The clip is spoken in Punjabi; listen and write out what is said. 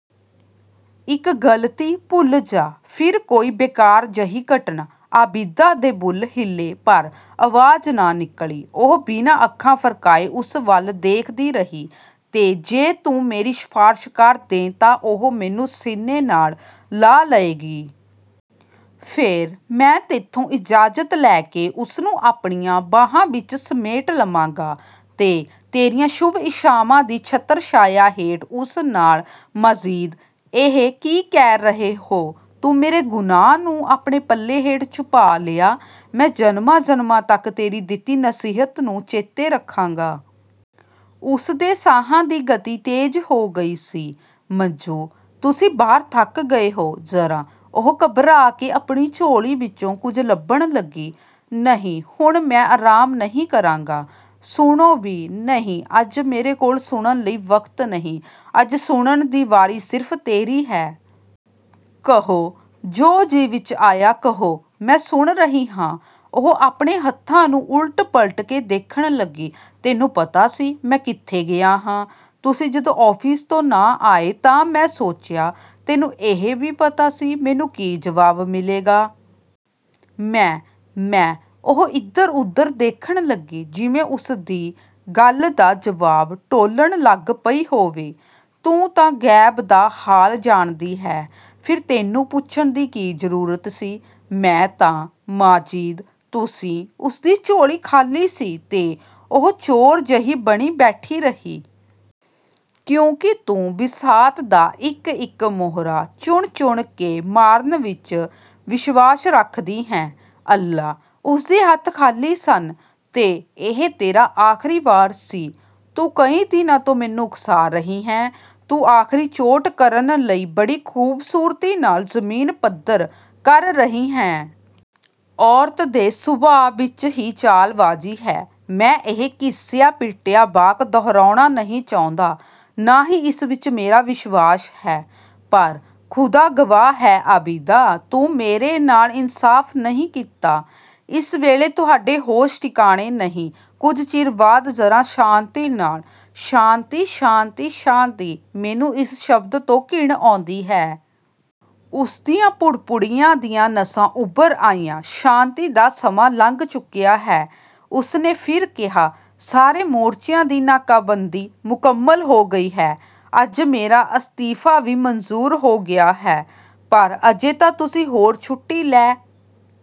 "ਇੱਕ ਗਲਤੀ, ਭੁੱਲ ਜਾਂ ਫਿਰ ਕੋਈ ਬੇਕਾਰ ਜਿਹੀ ਘਟਨਾ" ਆਬਿਦਾ ਦੇ ਬੁੱਲ੍ਹ ਹਿਲੇ ਪਰ ਆਵਾਜ਼ ਨਾ ਨਿਕਲੀ। ਉਹ ਬਿਨਾਂ ਅੱਖਾਂ ਫਰਕਾਏ ਉਸ ਵੱਲ ਦੇਖਦੀ ਰਹੀ। "ਤੇ ਜੇ ਤੂੰ ਮੇਰੀ ਸਿਫ਼ਾਰਸ਼ ਕਰ ਦੇਂ ਤਾਂ ਉਹ ਮੈਨੂੰ ਸੀਨੇ ਨਾਲ ਲਾ ਲਏਗੀ। ਫਿਰ ਮੈਂ ਤੈਥੋਂ ਇਜਾਜ਼ਤ ਲੈ ਕੇ ਉਸਨੂੰ ਆਪਣੀਆਂ ਬਾਹਾਂ ਵਿੱਚ ਸਮੇਟ ਲਵਾਂਗਾ ਤੇ ਤੇਰੀਆਂ ਸ਼ੁਭ-ਇੱਛਾਵਾਂ ਦੀ ਛਤਰ-ਛਾਇਆ ਹੇਠ ਉਸ ਨਾਲ" "ਮਾਜਿਦ, ਇਹ ਕੀ ਕਹਿ ਰਹੇ ਹੋ!" "ਤੂੰ ਮੇਰੇ ਗੁਨਾਹ ਨੂੰ ਆਪਣੇ ਪੱਲੇ ਹੇਠ ਛੁਪਾ ਲਿਆ, ਮੈਂ ਜਨਮਾਂ-ਜਨਮਾਂ ਤੱਕ ਤੇਰੀ ਦਿੱਤੀ ਨਸੀਹਤ ਨੂੰ ਚੇਤੇ ਰੱਖਾਂਗਾ।" ਉਸਦੇ ਸਾਹਾਂ ਦੀ ਗਤੀ ਤੇਜ਼ ਹੋ ਗਈ ਸੀ। "ਮੱਜੂ-- ਤੁਸੀਂ ਬਹੁਤ ਥੱਕ ਗਏ ਹੋ। ਜ਼ਰਾ--" ਉਹ ਘਬਰਾ ਕੇ ਆਪਣੀ ਝੋਲੀ ਵਿੱਚੋਂ ਕੁਝ ਲੱਭਣ ਲੱਗੀ। "ਨਹੀਂ ਹੁਣ ਮੈਂ ਆਰਾਮ ਨਹੀਂ ਕਰਾਂਗਾ।" "ਸੁਣੋ ਵੀ--" "ਨਹੀਂ ਅੱਜ ਮੇਰੇ ਕੋਲ ਸੁਣਨ ਲਈ ਵਕਤ ਨਹੀਂ ਅੱਜ ਸੁਣਨ ਦੀ ਵਾਰੀ ਸਿਰਫ਼ ਤੇਰੀ ਹੈ।" "ਕਹੋ, ਜੋ ਜੀਅ ਵਿੱਚ ਆਏ ਕਹੋ, ਮੈਂ ਸੁਣ ਰਹੀ ਹਾਂ।" ਉਹ ਆਪਣੇ ਹੱਥਾਂ ਨੂੰ ਉਲਟ-ਪਲਟ ਕੇ ਦੇਖਣ ਲੱਗੀ। "ਤੈਨੂੰ ਪਤਾ ਸੀ, ਮੈਂ ਕਿੱਥੇ ਗਿਆ ਹਾਂ?" "ਤੁਸੀਂ ਜਦੋਂ ਆਫ਼ਿਸ ਤੋਂ ਨਾ ਆਏ ਤਾਂ ਮੈਂ ਸੋਚਿਆ" "ਤੈਨੂੰ ਇਹ ਵੀ ਪਤਾ ਸੀ, ਮੈਨੂੰ ਕੀ ਜਵਾਬ ਮਿਲੇਗਾ?" "ਮੈਂ-ਮੈਂ--" ਉਹ ਇਧਰ-ਉਧਰ ਦੇਖਣ ਲੱਗੀ ਜਿਵੇਂ ਉਸਦੀ ਗੱਲ ਦਾ ਜਵਾਬ ਟੋਲਣ ਲੱਗ ਪਈ ਹੋਵੇ। "ਤੂੰ ਤਾਂ ਗੈਬ ਦਾ ਹਾਲ ਜਾਣਦੀ ਹੈਂ। ਫਿਰ ਤੈਨੂੰ ਪੁੱਛਣ ਦੀ ਕੀ ਜ਼ਰੂਰਤ ਸੀ?" "ਮੈਂ-ਤਾਂ-ਮਾਜਿਦ, ਤੁਸੀਂ--" ਉਸਦੀ ਝੋਲੀ ਖ਼ਾਲੀ ਸੀ ਤੇ ਉਹ ਚੋਰ ਜਿਹੀ ਬਣੀ ਬੈਠੀ ਰਹੀ। "ਕਿਉਂਕਿ ਤੂੰ ਬਿਸਾਤ ਦਾ ਇੱਕ-ਇੱਕ ਮੋਹਰਾ ਚੁਣ-ਚੁਣ ਕੇ ਮਾਰਨ ਵਿੱਚ ਵਿਸ਼ਵਾਸ ਰੱਖਦੀ ਹੈਂ।" "ਅੱਲਾ--!" ਉਸਦੇ ਹੱਥ ਖ਼ਾਲੀ ਸਨ। "ਤੇ ਇਹ ਤੇਰਾ ਆਖਰੀ ਵਾਰ ਸੀ। ਤੂੰ ਕਈ ਦਿਨਾਂ ਤੋਂ ਮੈਨੂੰ ਉਕਸਾ ਰਹੀ ਹੈਂ, ਤੂੰ ਆਖਰੀ ਚੋਟ ਕਰਨ ਲਈ ਬੜੀ ਖ਼ੂਬਸੂਰਤੀ ਨਾਲ ਜ਼ਮੀਨ ਪੱਧਰ ਕਰ ਰਹੀ ਹੈਂ। ਔਰਤ ਦੇ ਸੁਭਾਅ ਵਿੱਚ ਹੀ ਚਾਲਬਾਜ਼ੀ ਹੈ। ਮੈਂ ਇਹ ਘਿਸਿਆ-ਪਿਟਿਆ ਵਾਕ ਦੁਹਰਾਉਣਾ ਨਹੀਂ ਚਾਹੁੰਦਾ, ਨਾ ਹੀ ਇਸ ਵਿੱਚ ਮੇਰਾ ਵਿਸ਼ਵਾਸ ਹੈ। ਪਰ ਖ਼ੁਦਾ ਗਵਾਹ ਹੈ ਆਬਿਦਾ, ਤੂੰ ਮੇਰੇ ਨਾਲ ਇਨਸਾਫ਼ ਨਹੀਂ ਕੀਤਾ।" "ਇਸ ਵੇਲੇ ਤੁਹਾਡੇ ਹੋਸ਼ ਠਿਕਾਣੇ ਨਹੀਂ, ਕੁਝ ਚਿਰ ਬਾਅਦ ਜ਼ਰਾ ਸ਼ਾਂਤੀ ਨਾਲ" "ਸ਼ਾਂਤੀ, ਸ਼ਾਂਤੀ, ਸ਼ਾਂਤੀ, ਮੈਨੂੰ ਇਸ ਸ਼ਬਦ ਤੋਂ ਘਿਣ ਆਉਂਦੀ ਹੈ।" ਉਸਦੀਆਂ ਪੁੜਪੁੜੀਆਂ ਦੀਆਂ ਨਸਾਂ ਉਭਰ ਆਈਆਂ, "ਸ਼ਾਂਤੀ ਦਾ ਸਮਾਂ ਲੰਘ ਚੁੱਕਿਆ ਹੈ।" ਉਸ ਨੇ ਫਿਰ ਕਿਹਾ, "ਸਾਰੇ ਮੋਰਚਿਆਂ ਦੀ ਨਾਕਾਬੰਦੀ ਮੁਕੰਮਲ ਹੋ ਗਈ ਹੈ। ਅੱਜ ਮੇਰਾ ਅਸਤੀਫ਼ਾ ਵੀ ਮੰਜ਼ੂਰ ਹੋ ਗਿਆ ਹੈ।" "ਪਰ ਅਜੇ ਤਾਂ ਤੁਸੀਂ ਹੋਰ ਛੁੱਟੀ ਲੈ